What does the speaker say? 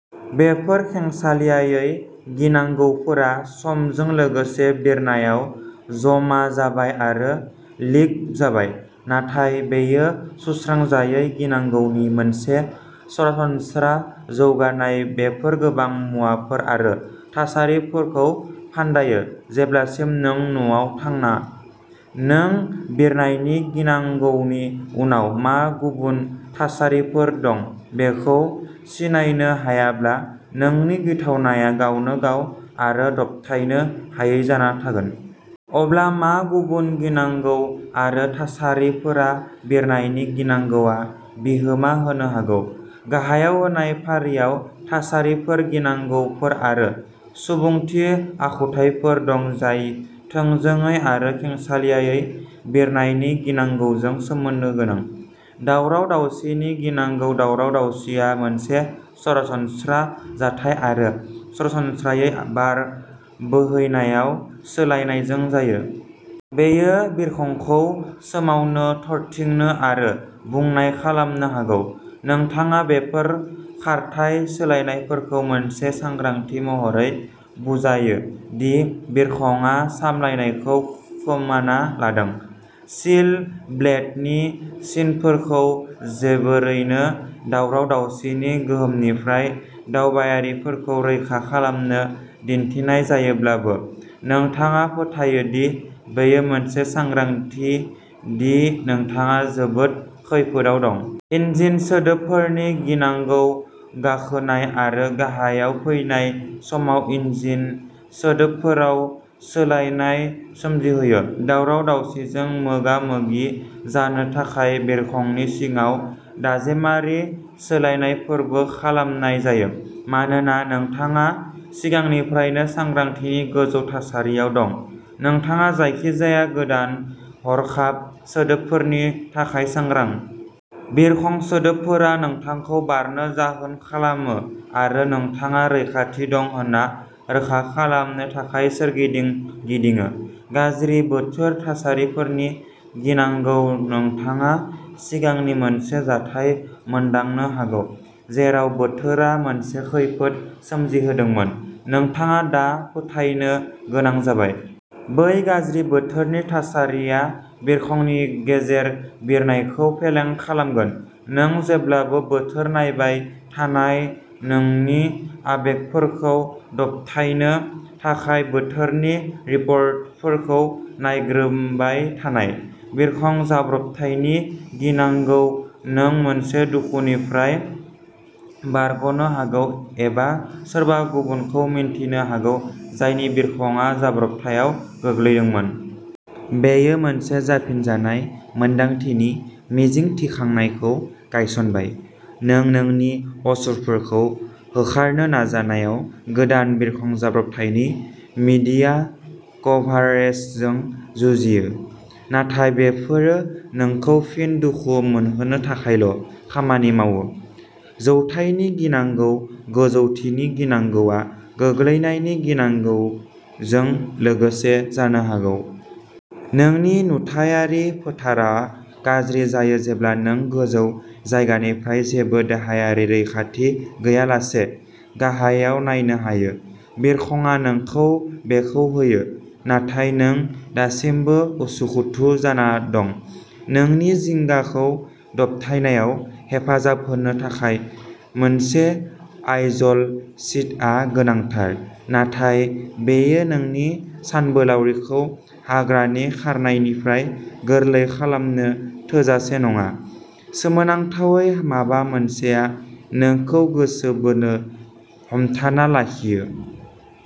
बेफोर खेंसालियायै गिनांगौफोरा समजों लोगोसे बिरनायाव जमा जाबाय आरो लिक जाबाय। नाथाय बेयो सुस्रांजायै गिनांगौनि मोनसे सरासनस्रा जौगानाय बेफोर गोबां मुवाफोर आरो थासारिफोरखौ फान्दायो जेब्लासिम नों न'आव थाना। नों बिरनायनि गिनांगौनि उनाव मा गुबुन थासारिफोर दं बेखौ सिनायनो हायाब्ला, नोंनि गिथावनाया गावनो गाव आरो दबथायनो हायै जाना थागोन। अब्ला मा गुबुन गिनांगौ आरो थासारिफोरा बिरनायनि गिनांगौआव बिहोमा होनो हागौ? गाहायाव होनाय फारियाव थासारिफोर, गिनांगौफोर आरो सुबुंथि आखुथायफोर दं जाय थोंजोङै आरो खेंसालियायै बिरनायनि गिनांगौजों सोमोन्दो गोनां। दावराव-दावसिनि गिनांगौ दावराव-दावसिआ मोनसे सरासनस्रा जाथाय आरो सरासनस्रायै बार बोहैनायाव सोलायनायजों जायो। बेयो बिरखंखौ सोमावनो, थरथिंनो आरो बुनाय खालामनो हागौ। नोंथाङा बेफोर खारथाइ सोलायनायफोरखौ मोनसे सांग्रांथि महरै बुजायो दि बिरखंआ सामलायनायखौ खोमाना लादों। सील ब्लेटनि सिनफोरखौ जोबोरैनो दावराव-दावसिनि गोहोमनिफ्राय दावबायारिफोरखौ रैखा खालामनो दिन्थिनाय जायोब्लाबो, नोंथाङा फोथायो दि बेयो मोनसे सांग्रांथि दि नोंथाङा जोबोद खैफोदाव दं। इन्जिन सोदोबफोरनि गिनांगौ गाखोनाय आरो गाहायाव फैनाय समाव इन्जिन सोदोबफोराव सोलायनाय सोमजिहोयो। दावराव-दावसिजों मोगा-मोगि जानो थाखाय बिरखंनि सिङाव दाजेमारि सोलायनायफोरबो खालामनाय जायो। मानोना नोंथाङा सिगांनिफ्रायनो सांग्रांथिनि गोजौ थासारियाव दं, नोंथाङा जायखिजाया गोदान हरखाब सोदोबफोरनि थाखाय सांग्रां। बिरखं सोदोबफोरा नोंथांखौ बारनो जाहोन खालामो आरो नोंथाङा रैखाथि दं होन्ना रोखा खालामनो थाखाय सोरगिदिं गिदिङो। गाज्रि बोथोर थासारिफोरनि गिनांगौ नोंथाङा सिगांनि मोनसे जाथाय मोनदांनो हागौ जेराव बोथोरा मोनसे खैफोद सोमजिहोदोंमोन। नोंथाङा दा फोथायनो गोनां जाबाय। बै गाज्रि बोथोरनि थासारिया बिरखंनि गेजेर बिरनायखौ फेलें खालामगोन। नों जेब्लाबो बोथोर नायबाय थानाय नोंनि आबेगफोरखौ दबथायनो थाखाय बोथोरनि रिपर्टफोरखौ नायग्रोमबाय थानाय। बिरखं जाब्रबथायनि गिनांगौ नों मोनसे दुखुनिफ्राय बारग'नो हागौ एबा सोरबा गुबुनखौ मिन्थिनो हागौ जायनि बिरखंआ जाब्रबथायाव गोग्लैदोंमोन। बेयो मोनसे जाफिनजानाय मोन्दांथिनि मिजिं थिखांनायखौ गायसनबाय। नों नोंनि असुरफोरखौ होखारनो नाजानायाव गोदान बिरखं जाब्रबथायनि मीडिया कभारेजजों जुजियो, नाथाय बेफोरो नोंखौ फिन दुखु मोनहोनो थाखायल' खामानि मावो। जौथायनि गिनांगौ गोजौथिनि गिनांगौआ गोग्लैनायनि गिनांगौजों लोगोसे जानो हागौ। नोंनि नुथायारि फोथारआ गाज्रि जायो जेब्ला नों गोजौ जायगानिफ्राय जेबो देहायारि रैखाथि गैयालासे गाहायाव नायनो हायो। बिरखंआ नोंखौ बेखौ होयो, नाथाय नों दासिमबो उसुखुथु जाना दं। नोंनि जिंगाखौ दबथायनायाव हेफाजाब होनो थाखाय मोनसे आइजल सिटआ गोनांथार, नाथाय बेयो नोंनि सानबोलावरिखौ हाग्रानि खारनायनिफ्राय गोरलै खालामनो थोजासे नङा। सोमोनांथावै, माबा मोनसेया नोंखौ गोसो बोनो हमथाना लाखियो।